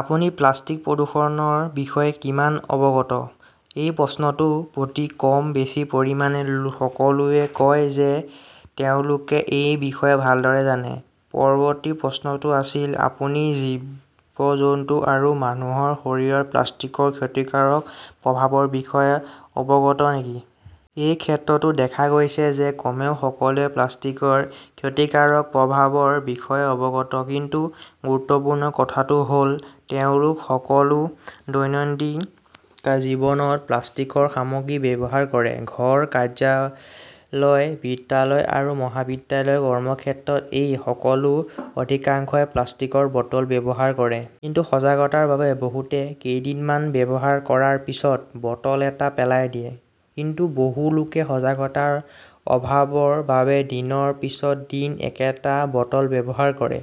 আপুনি প্লাষ্টিক প্ৰদূষণৰ বিষয়ে কিমান অৱগত? এই প্ৰশ্নটোৰ প্ৰতি কম বেছি পৰিমাণে সকলোৱে কয় যে তেওঁলোকে এই বিষয়ে ভালদৰে জানে। পৰৱৰ্তী প্ৰশ্নটো আছিল, আপুনি জীৱ-জন্তু আৰু মানুহৰ শৰীৰত প্লাষ্টিকৰ ক্ষতিকাৰক প্ৰভাৱৰ বিষয়েও অৱগত নেকি? এই ক্ষেত্ৰতো দেখা গৈছে যে কমেও সকলোৱে প্লাষ্টিকৰ ক্ষতিকাৰক প্ৰভাৱৰ বিষয়ে অৱগত। কিন্তু গুৰুত্বপূৰ্ণ কথাটো হ 'ল, তেওঁলোক সকলোৱে দৈনন্দিন জীৱনত প্লাষ্টিকৰ সামগ্ৰী ব্যৱহাৰ কৰে। ঘৰ, কাৰ্যলয়, বিদ্যালয় আৰু মহাবিদ্যালয়, কৰ্মক্ষেত্ৰত এই লোকসকলৰ অধিকাংশই প্লাষ্টিকৰ বটল ব্যৱহাৰ কৰে। কিন্তু সজাগতাৰ বাবে বহুতে কেইদিনমান ব্যৱহাৰ কৰাৰ পিছত বটল এটা পেলাই দিয়ে। কিন্তু বহু লোকে সজাগতাৰ অভাৱৰ বাবে দিনৰ পিছত দিন একেটা বটল ব্যৱহাৰ কৰে।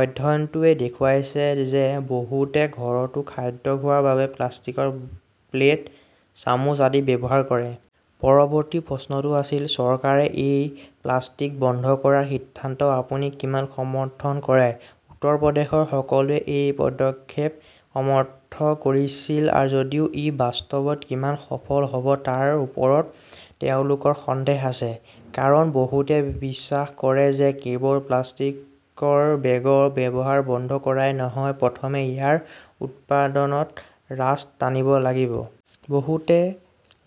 অধ্যয়নটোৱে দেখুৱাইছে যে বহুতে ঘৰতো খাদ্য খোৱাৰ বাবে প্লাষ্টিকৰ প্লেট, চামুচ আদি ব্যৱহাৰ কৰে। পৰৱৰ্তী প্ৰশ্নটো আছিল, চৰকাৰে এই প্লাষ্টিক বন্ধ কৰাৰ সিদ্ধান্তক আপুনি কিমান সমৰ্থন কৰে? উত্তৰ প্ৰদেশৰ সকলোৱে এই পদক্ষেপক সমৰ্থন কৰিছিল যদিও ই বাস্তৱত কিমান সফল হব তাৰ ওপৰত তেওঁলোকৰ সন্দেহ আছে। কাৰণ, বহুতে বিশ্বাস কৰে যে কেৱল প্লাষ্টিকৰ বেগৰ ব্যৱহাৰ বন্ধ কৰাই নহয়, প্ৰথমে ইয়াৰ উৎপাদনত ৰাছ টানিব লাগিব। বহুতে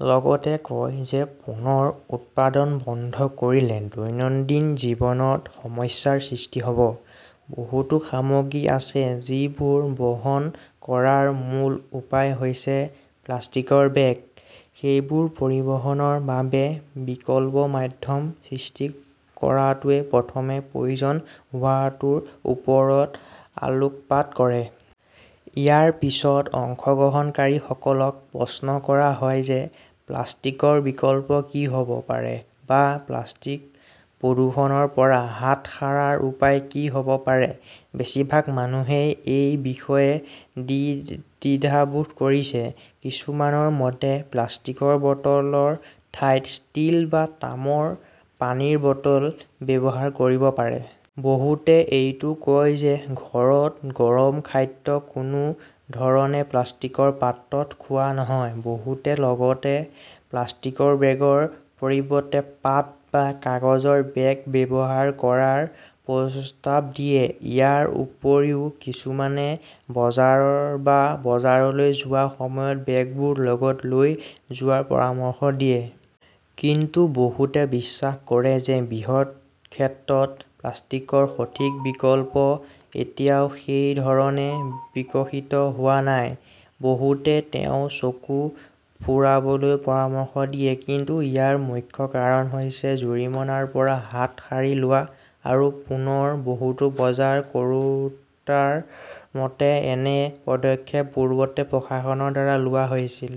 লগতে কয় যে পুনৰ উৎপাদন বন্ধ কৰিলে দৈনন্দিন জীৱনত সমস্যাৰ সৃষ্টি হব। বহুতো সামগ্ৰী আছে যিবোৰ বহন কৰাৰ মূল উপায় হৈছে প্লাষ্টিকৰ বেগ। সেইবোৰ পৰিবহণৰ বাবে বিকল্প মাধ্যম সৃষ্টি কৰাটোৱেই প্ৰথমে প্ৰয়োজন হোৱাটোৰ ওপৰত আলোকপাত কৰে। ইয়াৰ পিছত অংশগ্ৰহণকাৰীসকলক প্ৰশ্ন কৰা হয় যে প্লাষ্টিকৰ বিকল্প কি হ 'ব পাৰে বা প্লাষ্টিক প্ৰদূষণৰ পৰা হাত সাৰাৰ উপায় কি হ' ব পাৰে, বেছিভাগ মানুহেই এই বিষয়ে দ্বিধাবোধ কৰিছে। কিছুমানৰ মতে, প্লাষ্টিকৰ বটলৰ ঠাইত ষ্টীল বা তামৰ পানীৰ বটল ব্যৱহাৰ কৰিব পাৰি। বহুতে এইটোও কয় যে ঘৰত গৰম খাদ্য কোনো ধৰণে প্লাষ্টিকৰ পাত্ৰত খোৱা নহয়। বহুতে লগতে প্লাষ্টিকৰ বেগৰ পৰিৱৰ্তে পাট বা কাগজৰ বেগ ব্যৱহাৰ কৰাৰ প্ৰস্তাৱ দিয়ে। ইয়াৰ উপৰিও, কিছুমানে বজাৰ বা বজাৰলৈ যোৱাৰ সময়ত বেগবোৰ লগত লৈ যোৱাৰ পৰামৰ্শ দিয়ে। কিন্তু বহুতে বিশ্বাস কৰে যে বৃহৎ ক্ষেত্ৰত প্লাষ্টিকৰ সঠিক বিকল্প এতিয়াও সেই ধৰণে বিকশিত হোৱা নাই। বহুতে তেওঁক চকু ফুৰাবলৈও পৰামৰ্শ দিয়ে। কিন্তু ইয়াৰ মুখ্য কাৰণ হৈছে জৰিমনাৰ পৰা হাত সাৰি লোৱা। আৰু পুনৰ, বহুতো বজাৰ কৰোঁতাৰ মতে, এনে পদক্ষেপ পূৰ্বতে প্ৰশাসনৰ দ্বাৰা লোৱা হৈছিল।